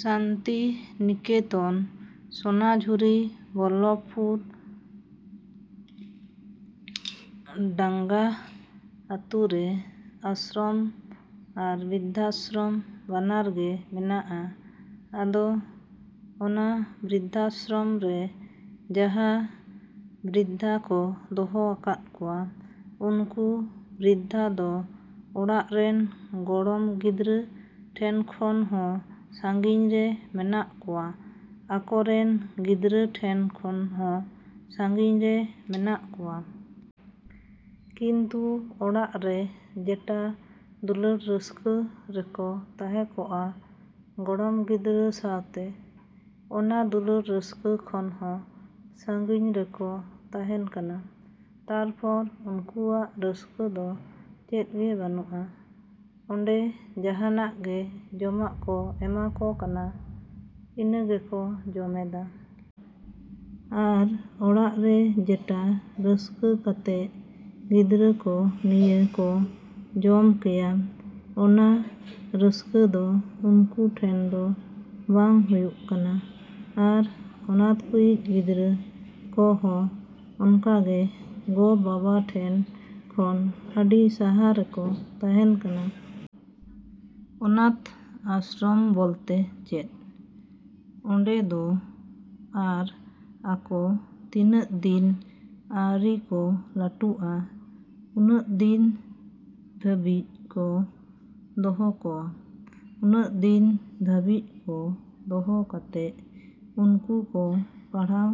‎ᱥᱟᱱᱛᱤᱱᱤᱠᱮᱛᱚᱱ ᱥᱚᱱᱟᱡᱷᱩᱨᱤ ᱵᱚᱞᱞᱚᱵᱽᱯᱩᱨ ᱰᱟᱝᱜᱟ ᱟᱛᱳ ᱨᱮ ᱟᱥᱨᱚᱢ ᱟᱨ ᱵᱨᱤᱫᱽᱫᱷᱟᱥᱨᱚᱢ ᱵᱟᱱᱟᱨ ᱜᱮ ᱢᱮᱱᱟᱜᱼᱟ᱾ ᱟᱫᱚ ᱚᱱᱟ ᱵᱨᱤᱫᱽᱫᱷᱟᱥᱨᱚᱢ ᱨᱮ ᱡᱟᱦᱟᱸ ᱵᱨᱤᱫᱽᱫᱷᱟ ᱠᱚ ᱫᱚᱦᱚ ᱟᱠᱟᱫ ᱠᱚᱣᱟ, ᱩᱱᱠᱩ ᱵᱨᱤᱫᱽᱫᱷᱟ ᱫᱚ ᱚᱲᱟᱜ ᱨᱮᱱ ᱜᱚᱲᱚᱢ ᱜᱤᱫᱽᱨᱟᱹ ᱴᱷᱮᱱ ᱠᱷᱚᱱ ᱦᱚᱸ ᱥᱟᱹᱜᱤᱧ ᱨᱮ ᱢᱮᱱᱟᱜ ᱠᱚᱣᱟ, ᱟᱠᱚ ᱨᱮᱱ ᱜᱤᱫᱽᱨᱟᱹ ᱴᱷᱮᱱ ᱠᱷᱚᱱ ᱦᱚᱸ ᱥᱟᱹᱜᱤᱧ ᱨᱮ ᱢᱮᱱᱟᱜ ᱠᱚᱣᱟ᱾ ᱠᱤᱱᱛᱩ ᱚᱲᱟᱜ ᱨᱮ ᱡᱮᱴᱟ ᱫᱩᱞᱟᱹᱲ ᱨᱟᱹᱥᱠᱟᱹ ᱨᱮᱠᱚ ᱛᱟᱦᱮᱸ ᱠᱚᱜᱼᱟ ᱜᱚᱲᱚᱢ ᱜᱤᱫᱽᱨᱟᱹ ᱥᱟᱶᱛᱮ, ᱚᱱᱟ ᱫᱩᱞᱟᱹᱲ ᱨᱟᱹᱥᱠᱟᱹ ᱠᱷᱚᱱ ᱦᱚᱸ ᱥᱟᱹᱜᱤᱧ ᱨᱮᱠᱚ ᱛᱟᱦᱮᱱ ᱠᱟᱱᱟ᱾ ᱛᱟᱨᱯᱚᱨ ᱩᱱᱠᱩᱣᱟᱜ ᱨᱟᱹᱥᱠᱟᱹ ᱫᱚ ᱪᱮᱫ ᱜᱮ ᱵᱟᱹᱱᱩᱜᱼᱟ᱾ ᱚᱸᱰᱮ ᱡᱟᱦᱟᱱᱟᱜ ᱜᱮ ᱡᱚᱢᱟᱜ ᱠᱚ ᱮᱢᱟ ᱠᱚ ᱠᱟᱱᱟ, ᱤᱱᱟᱹ ᱜᱮᱠᱚ ᱡᱚᱢᱮᱫᱟ᱾ ᱟᱨ ᱚᱲᱟᱜ ᱨᱮ ᱡᱮᱴᱟ ᱨᱟᱹᱥᱠᱟᱹ ᱠᱟᱛᱮ ᱜᱤᱫᱽᱨᱟᱹ ᱠᱚ ᱱᱤᱭᱟᱹ ᱠᱚ ᱡᱚᱢ ᱠᱮᱭᱟ, ᱚᱱᱟ ᱨᱟᱹᱥᱠᱟᱹ ᱫᱚ ᱩᱱᱠᱩ ᱴᱷᱮᱱ ᱫᱚ ᱵᱟᱝ ᱦᱩᱭᱩᱜ ᱠᱟᱱᱟ᱾ ᱟᱨ ᱚᱱᱟᱛᱷ ᱠᱚᱭᱤᱡ ᱜᱤᱫᱽᱨᱟᱹ ᱠᱚ ᱦᱚᱸ ᱚᱱᱠᱟ ᱜᱮ ᱜᱚᱼᱵᱟᱵᱟ ᱴᱷᱮᱱ ᱠᱷᱚᱱ ᱟᱹᱰᱤ ᱥᱟᱦᱟ ᱨᱮᱠᱚ ᱛᱟᱦᱮᱱ ᱠᱟᱱᱟ᱾ ᱚᱱᱟᱛᱷ ᱟᱥᱨᱚᱢ ᱵᱚᱞᱛᱮ ᱪᱮᱫ? ᱚᱸᱰᱮ ᱫᱚ ᱟᱨ ᱟᱠᱚ ᱛᱤᱱᱟᱹᱜ ᱫᱤᱱ ᱟᱹᱣᱨᱤ ᱠᱚ ᱞᱟᱹᱴᱩᱜᱼᱟ, ᱩᱱᱟᱹᱜ ᱫᱤᱱ ᱫᱷᱟᱹᱵᱤᱡ ᱠᱚ ᱫᱚᱦᱚ ᱠᱚᱣᱟ᱾ ᱩᱱᱟᱹᱜ ᱫᱤᱱ ᱫᱷᱟᱹᱵᱤᱡ ᱠᱚ ᱫᱚᱦᱚ ᱠᱟᱛᱮ ᱩᱱᱠᱩ ᱠᱚ ᱯᱟᱲᱦᱟᱣ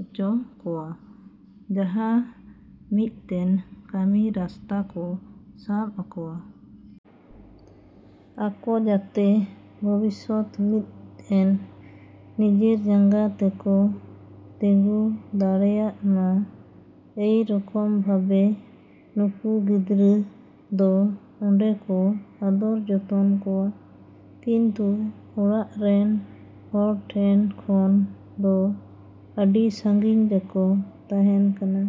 ᱦᱚᱪᱚ ᱠᱚᱣᱟ, ᱡᱟᱦᱟᱸ ᱢᱤᱫᱴᱮᱱ ᱠᱟᱹᱢᱤ ᱨᱟᱥᱛᱟ ᱠᱚ ᱥᱟᱵ ᱟᱠᱚᱣᱟ᱾ ᱟᱠᱚ ᱡᱟᱛᱮ ᱵᱷᱚᱵᱤᱥᱚᱛ ᱢᱤᱫᱴᱮᱱ ᱱᱤᱡᱮᱨ ᱡᱟᱸᱜᱟ ᱛᱮ ᱠᱚ ᱛᱮᱜᱳ ᱫᱟᱲᱮᱭᱟᱜ ᱢᱟ᱾ ᱮᱭ ᱨᱚᱠᱚᱢ ᱵᱷᱟᱵᱮ ᱱᱩᱠᱩ ᱜᱤᱫᱽᱨᱟᱹ ᱫᱚ ᱚᱸᱰᱮ ᱠᱚ ᱟᱫᱚᱨ ᱡᱚᱛᱚᱱ ᱠᱚᱣᱟ᱾ ᱠᱤᱱᱛᱩ ᱚᱲᱟᱜ ᱨᱮᱱ ᱦᱚᱲ ᱴᱷᱮᱱ ᱠᱷᱚᱱ ᱫᱚ ᱟᱹᱰᱤ ᱥᱟᱹᱜᱤᱧ ᱨᱮᱠᱚ ᱛᱟᱦᱮᱱ ᱠᱟᱱᱟ᱾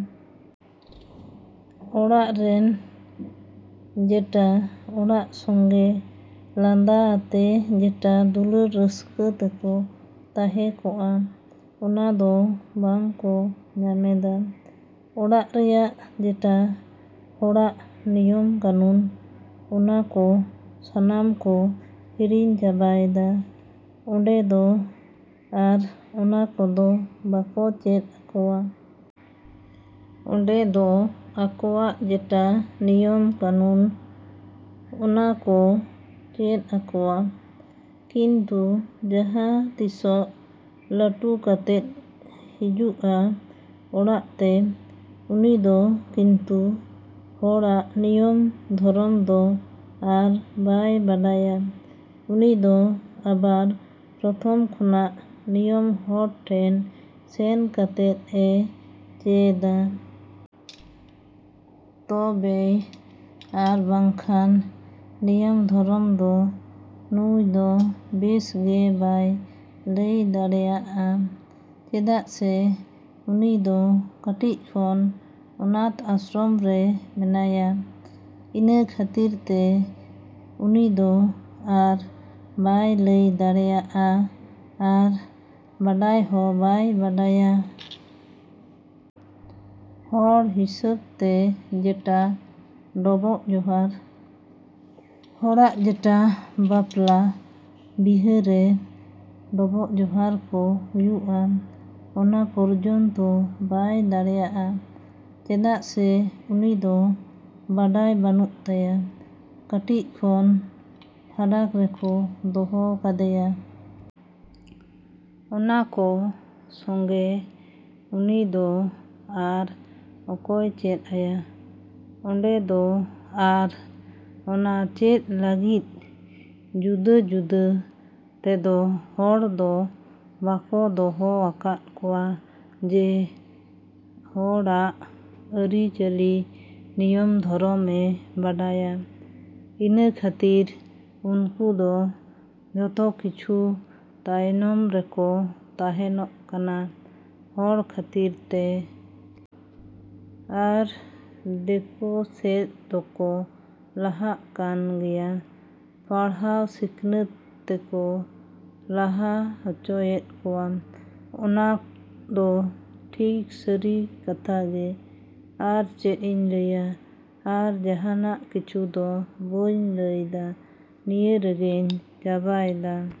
ᱚᱲᱟᱜ ᱨᱮᱱ ᱡᱮᱴᱟ ᱚᱲᱟᱜ ᱥᱚᱝᱜᱮ ᱞᱟᱸᱫᱟ ᱟᱛᱮ ᱡᱮᱴᱟ ᱫᱩᱞᱟᱹᱲ ᱨᱟᱹᱥᱠᱟᱹ ᱛᱮᱠᱚ ᱛᱟᱦᱮᱸ ᱠᱚᱜᱼᱟ, ᱚᱱᱟ ᱫᱚ ᱵᱟᱝ ᱠᱚ ᱧᱟᱢᱮᱫᱟ᱾ ᱚᱲᱟᱜ ᱨᱮᱭᱟᱜ ᱡᱮᱴᱟ ᱦᱚᱲᱟᱜ ᱱᱤᱭᱚᱢ ᱠᱟᱹᱱᱩᱱ, ᱚᱱᱟ ᱠᱚ ᱥᱟᱱᱟᱢ ᱠᱚ ᱦᱤᱲᱤᱧ ᱪᱟᱵᱟᱭᱫᱟ᱾ ᱚᱸᱰᱮ ᱫᱚ ᱟᱨ ᱚᱱᱟ ᱠᱚᱫᱚ ᱵᱟᱠᱚ ᱪᱮᱫ ᱟᱠᱚᱣᱟ᱾ ᱚᱸᱰᱮ ᱫᱚ ᱟᱠᱚᱣᱟᱜ ᱡᱮᱴᱟ ᱱᱤᱭᱚᱢ ᱠᱟᱹᱱᱩᱱ, ᱚᱱᱟ ᱠᱚ ᱪᱮᱫ ᱟᱠᱚᱣᱟ᱾ ᱠᱤᱱᱛᱩ ᱡᱟᱦᱟᱸ ᱛᱤᱥᱚᱜ ᱞᱟᱹᱴᱩ ᱠᱟᱛᱮᱫ ᱦᱤᱡᱩᱜᱼᱟ ᱚᱲᱟᱜ ᱛᱮ, ᱩᱱᱤ ᱫᱚ ᱠᱤᱱᱛᱩ ᱦᱚᱲᱟᱜ ᱱᱤᱭᱚᱢ ᱫᱷᱚᱨᱚᱢ ᱫᱚ ᱟᱨ ᱵᱟᱭ ᱵᱟᱰᱟᱭᱟ᱾ ᱩᱱᱤ ᱫᱚ ᱟᱵᱟᱨ ᱯᱨᱚᱛᱷᱚᱢ ᱠᱷᱚᱱᱟᱜ ᱱᱤᱭᱚᱢ ᱦᱚᱲ ᱴᱷᱮᱱ ᱥᱮᱱ ᱠᱟᱛᱮᱫ ᱮ ᱪᱮᱫᱟ᱾ ᱛᱚᱵᱮᱭ ᱟᱨ ᱵᱟᱝᱠᱷᱟᱱ ᱱᱤᱭᱚᱢ ᱫᱷᱚᱨᱚᱢ ᱫᱚ ᱱᱩᱭ ᱫᱚ ᱵᱮᱥ ᱜᱮ ᱵᱟᱭ ᱞᱟᱹᱭ ᱫᱟᱲᱮᱭᱟᱜᱼᱟ᱾ ᱪᱮᱫᱟᱜ ᱥᱮ ᱩᱱᱤ ᱫᱚ ᱠᱟᱹᱴᱤᱡ ᱠᱷᱚᱱ ᱚᱱᱟᱛᱷ ᱟᱥᱨᱚᱢ ᱨᱮ ᱢᱮᱱᱟᱭᱟ᱾ ᱤᱱᱟᱹ ᱠᱷᱟᱹᱛᱤᱨ ᱛᱮ ᱩᱱᱤ ᱫᱚ ᱟᱨ ᱵᱟᱭ ᱞᱟᱹᱭ ᱫᱟᱲᱮᱭᱟᱜᱼᱟ ᱟᱨ ᱵᱟᱰᱟᱭ ᱦᱚᱸ ᱵᱟᱭ ᱵᱟᱰᱟᱭᱟ᱾ ᱦᱚᱲ ᱦᱤᱥᱟᱹᱵᱽ ᱛᱮ ᱡᱮᱴᱟ ᱰᱚᱵᱚᱜ ᱡᱚᱦᱟᱨ, ᱦᱚᱲᱟᱜ ᱡᱮᱴᱟ ᱵᱟᱯᱞᱟ ᱵᱤᱦᱟᱹ ᱨᱮ ᱰᱚᱵᱚᱜ ᱡᱚᱦᱟᱨ ᱠᱚ ᱦᱩᱭᱩᱜᱼᱟ, ᱚᱱᱟ ᱯᱚᱨᱡᱚᱱᱛᱚ ᱵᱟᱭ ᱫᱟᱲᱮᱭᱟᱜᱼᱟ᱾ ᱪᱮᱫᱟᱜ ᱥᱮ ᱩᱱᱤ ᱫᱚ ᱵᱟᱲᱟᱭ ᱵᱟᱹᱱᱩᱜ ᱛᱟᱭᱟ ᱾ ᱠᱟᱹᱴᱤᱡ ᱠᱷᱚᱱ ᱯᱷᱟᱨᱟᱠ ᱨᱮᱠᱚ ᱫᱚᱦᱚ ᱠᱟᱫᱮᱭᱟ᱾ ᱚᱱᱟ ᱠᱚ ᱥᱚᱝᱜᱮ ᱩᱱᱤ ᱫᱚ ᱟᱨ ᱚᱠᱚᱭ ᱪᱮᱫ ᱟᱭᱟ? ᱚᱸᱰᱮ ᱫᱚ ᱟᱨ ᱚᱱᱟ ᱪᱮᱫ ᱞᱟᱹᱜᱤᱫ ᱡᱩᱫᱟᱹ ᱡᱩᱫᱟᱹ ᱛᱮᱫᱚ ᱦᱚᱲ ᱫᱚ ᱵᱟᱠᱚ ᱫᱚᱦᱚ ᱟᱠᱟᱫ ᱠᱚᱣᱟ ᱡᱮ ᱦᱚᱲᱟᱜ ᱟᱹᱨᱤᱪᱟᱹᱞᱤ ᱱᱤᱭᱚᱢ ᱫᱷᱚᱨᱚᱢ ᱮ ᱵᱟᱲᱟᱭᱟ᱾ ᱤᱱᱟᱹ ᱠᱷᱟᱹᱛᱤᱨ ᱩᱱᱠᱩ ᱫᱚ ᱡᱷᱚᱛᱚ ᱠᱤᱪᱷᱩ ᱛᱟᱭᱱᱚᱢ ᱨᱮᱠᱚ ᱛᱟᱦᱮᱱᱚᱜ ᱠᱟᱱᱟ ᱦᱚᱲ ᱠᱷᱟᱹᱛᱤᱨ ᱛᱮ᱾ ᱟᱨ ᱫᱮᱠᱚ ᱥᱮᱫ ᱫᱚᱠᱚ ᱞᱟᱦᱟᱜ ᱠᱟᱱ ᱜᱮᱭᱟ᱾ ᱯᱟᱲᱦᱟᱣ ᱥᱤᱠᱷᱱᱟᱹᱛ ᱛᱮᱠᱚ ᱞᱟᱦᱟ ᱦᱚᱪᱚᱭᱮᱫ ᱠᱚᱣᱟ᱾ ᱚᱱᱟ ᱫᱚ ᱴᱷᱤᱠ ᱥᱟᱹᱨᱤ ᱠᱟᱛᱷᱟ ᱜᱮ᱾ ᱟᱨ ᱪᱮᱫ ᱤᱧ ᱞᱟᱹᱭᱟ, ᱟᱨ ᱡᱟᱦᱟᱱᱟᱜ ᱠᱤᱪᱷᱩ ᱫᱚ ᱵᱟᱹᱧ ᱞᱟᱹᱭᱫᱟ᱾ ᱱᱤᱭᱟᱹ ᱨᱮᱜᱮᱧ ᱪᱟᱵᱟᱭᱫᱟ᱾।